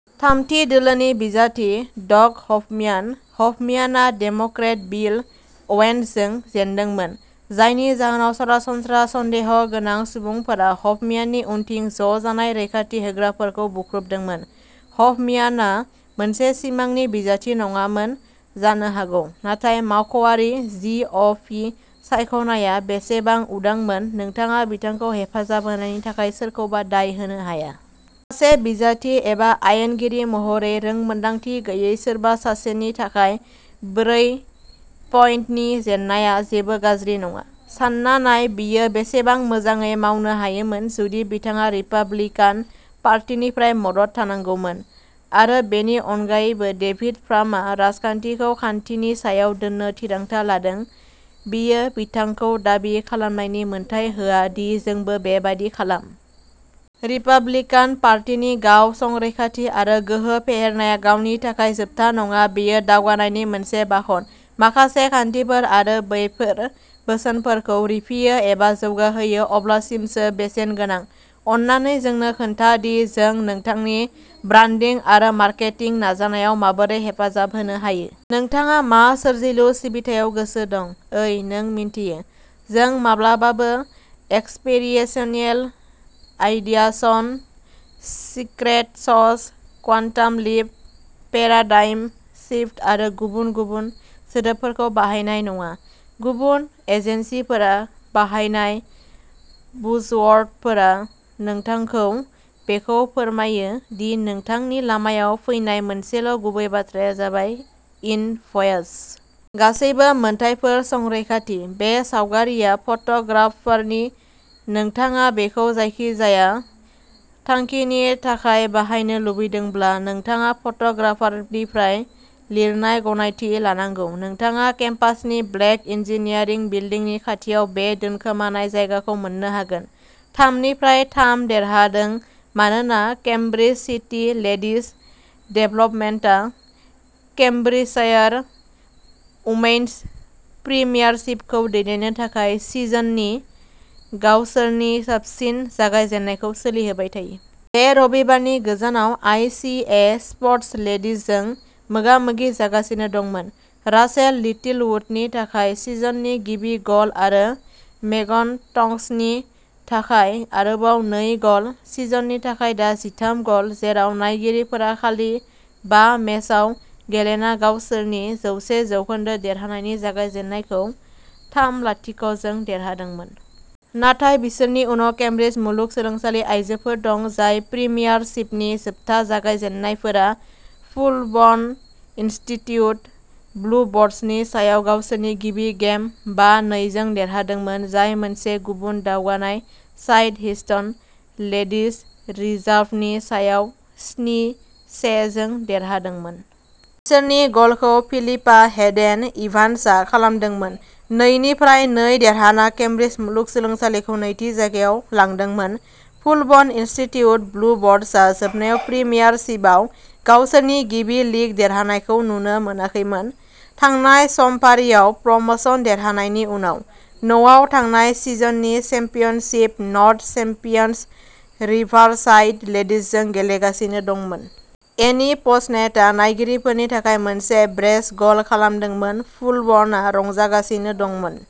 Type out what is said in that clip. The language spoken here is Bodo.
थामथि दोलोनि बिजाथि डग हफम्यान। हफम्यानआ डेम'क्रेट बिल अवेन्सजों जेनदोंमोन, जायनि जाहोनाव सरासनस्रा सन्देह'गोनां सुबुंफोरा हफम्याननि उनथिं ज'जानाय रैखाथि होग्राफोरखौ बुख्रुबदोंमोन। हफम्यानआ मोनसे सिमांनि बिजाथि नङामोन जानो हागौ, नाथाय मावख'आरि जि अ फि सायख'नायआ बेसेबां उदांमोन, नोंथाङा बिथांखौ हेफाजाब होनायनि थाखाय सोरखौबा दाय होनो हाया। सासे बिजाथि एबा आयेनगिरि महरै रोंमोनदांथि गैयै सोरबा सासेनि थाखाय ब्रै-पइन्टनि जेननाया जेबो गाज्रि नङा। सानना नाय बियो बेसेबां मोजाङै मावनो हायोमोन जुदि बिथांहा रिपाब्लिकान पार्टीनिफ्राय मदद थानांगौमोन। आरो बेनि अनगायैबो, डेभिड फ्रामआ राजखान्थिखौ खान्थिनि सायाव दोन्नो थिरांथा लादों, बियो बिथांखौ दाबि खालामनायनि मोन्थाइ होआ दि जोंबो बेबादि खालाम। रिपाब्लिकान पार्टीनि गाव-संरैखाथि आरो गोहो फेहेरनाया गावनि थाखाय जोबथा नङा बेयो दावगानायनि मोनसे बाहन। माखासे खान्थिफोर आरो बेफोर बोसोनफोरखौ रिफियो एबा जौगाहोयो अब्लासिमसो बेसेन गोनां। अन्नानै जोंनो खोन्था दि जों नोंथांनि ब्रान्डिं आरो मार्केटिं नाजानायाव माबोरै हेफाजाब होनो हायो। नोंथाङा मा सोरजिलु सिबिथायाव गोसो दं? ओइ, नों मिन्थियो। जों माब्लाबाबो एक्सपेरिएन्शियेल, आइडियासन, secret sauce, quantum leap, paradigm shift आरो गुबुन गुबुन बुल सोदोबफोरखौ बाहायनाय नङा। गुबुन एजेन्सिफोरा बाहायनाय बुजवर्डफोरा नोंथांखौ बेखौ फोरमायो दि नोंथांनि लामायाव फैनाय मोनसेल' गुबै बाथ्राया जाबाय इनभ'यस। गासैबो मोनथायफोर संरैखाथि। बे सावगारिआ फट'ग्राफारनि। नोंथाङा बेखौ जायखिजाया थांखिनि थाखाय बाहायनो लुबैदोंब्ला, नोंथाङा फट'ग्राफारनिफ्राय लिरनाय गनायथि लानांगौ। नोंथाङा केम्पासनि ब्लेक इन्जिनियारिं बिल्दिंनि खाथियाव बे दोनखोमानाय जायगाखौ मोन्नो हागोन। थाम निफ्राय थाम देरहादों मानोना केम्ब्रिज सिटी लेडिज डेभलपमेन्टआ केम्ब्रिजशायर उइमेन'स प्रिमियारशिपखौ दैदेननो थाखाय सिजननि गावसोरनि साबसिन जागायजेन्नायखौ सोलिहोबाय थायो। बे रबिबारनि गोजानाव आइ सि ए स्प'र्टस लेडिजजों मोगा-मोगि जागासिनो दंमोन। राचेल लिटिलवुडनि थाखाय सिजननि गिबि गल आरो मेगन टन्कसनि थाखाय आरोबाव नै गल, सिजननि थाखाय दा जिथाम गल, जेराव नायगिरिफोरा खालि बा मेचआव गेलेना गावसोरनि जौसे जौखोन्दो देरहानायनि जागायजेन्नायखौ थाम-लाथिक' जों देरहादोंमोन। नाथाय बिसोरनि उनाव केमब्रिज मुलुगसोलोंसालि आयजोफोर दं, जाय प्रिमियारशिपनि जोबथा जागायजेन्नायफोरा फुलबर्न इनस्टिट्युट ब्लुबर्डसनि सायाव गावसोरनि गिबि गेम बा-नै जों देरहादोंमोन, जाय मोनसे गुबुन दावगानाय साइड, हिस्टन लेडिज रिजार्भनि सायाव स्नि-से जों देरहादोंमोन। बिसोरनि गलखौ फिलिपा हेडेन-इभान्सआ खालामदोंमोन। नै निफ्राय नै देरहाना केमब्रिज मुलुगसोलोंसालिखौ नैथि जायगायाव लांदोंमोन। फुलबर्न इनस्टिट्युट ब्लुबर्डसआ जोबनायाव प्रिमियारशिपआव गावसोरनि गिबि लीग देरहानायखौ नुनो मोनाखैमोन थांनाय समफारियाव प्रम'शन देरहानायनि उनाव। न'आव थांनाय सिजननि चेम्पियनशिप नर्थ चेम्पियन्स, रिभारसाइड लेडिजजों गेलेगासिनो दंमोन। एनि पसनेटआ नायगिरिफोरनि थाखाय मोनसे ब्रेस गल खालामदोंमोन, फुलबर्नआ रंजागासिनो दंमोन।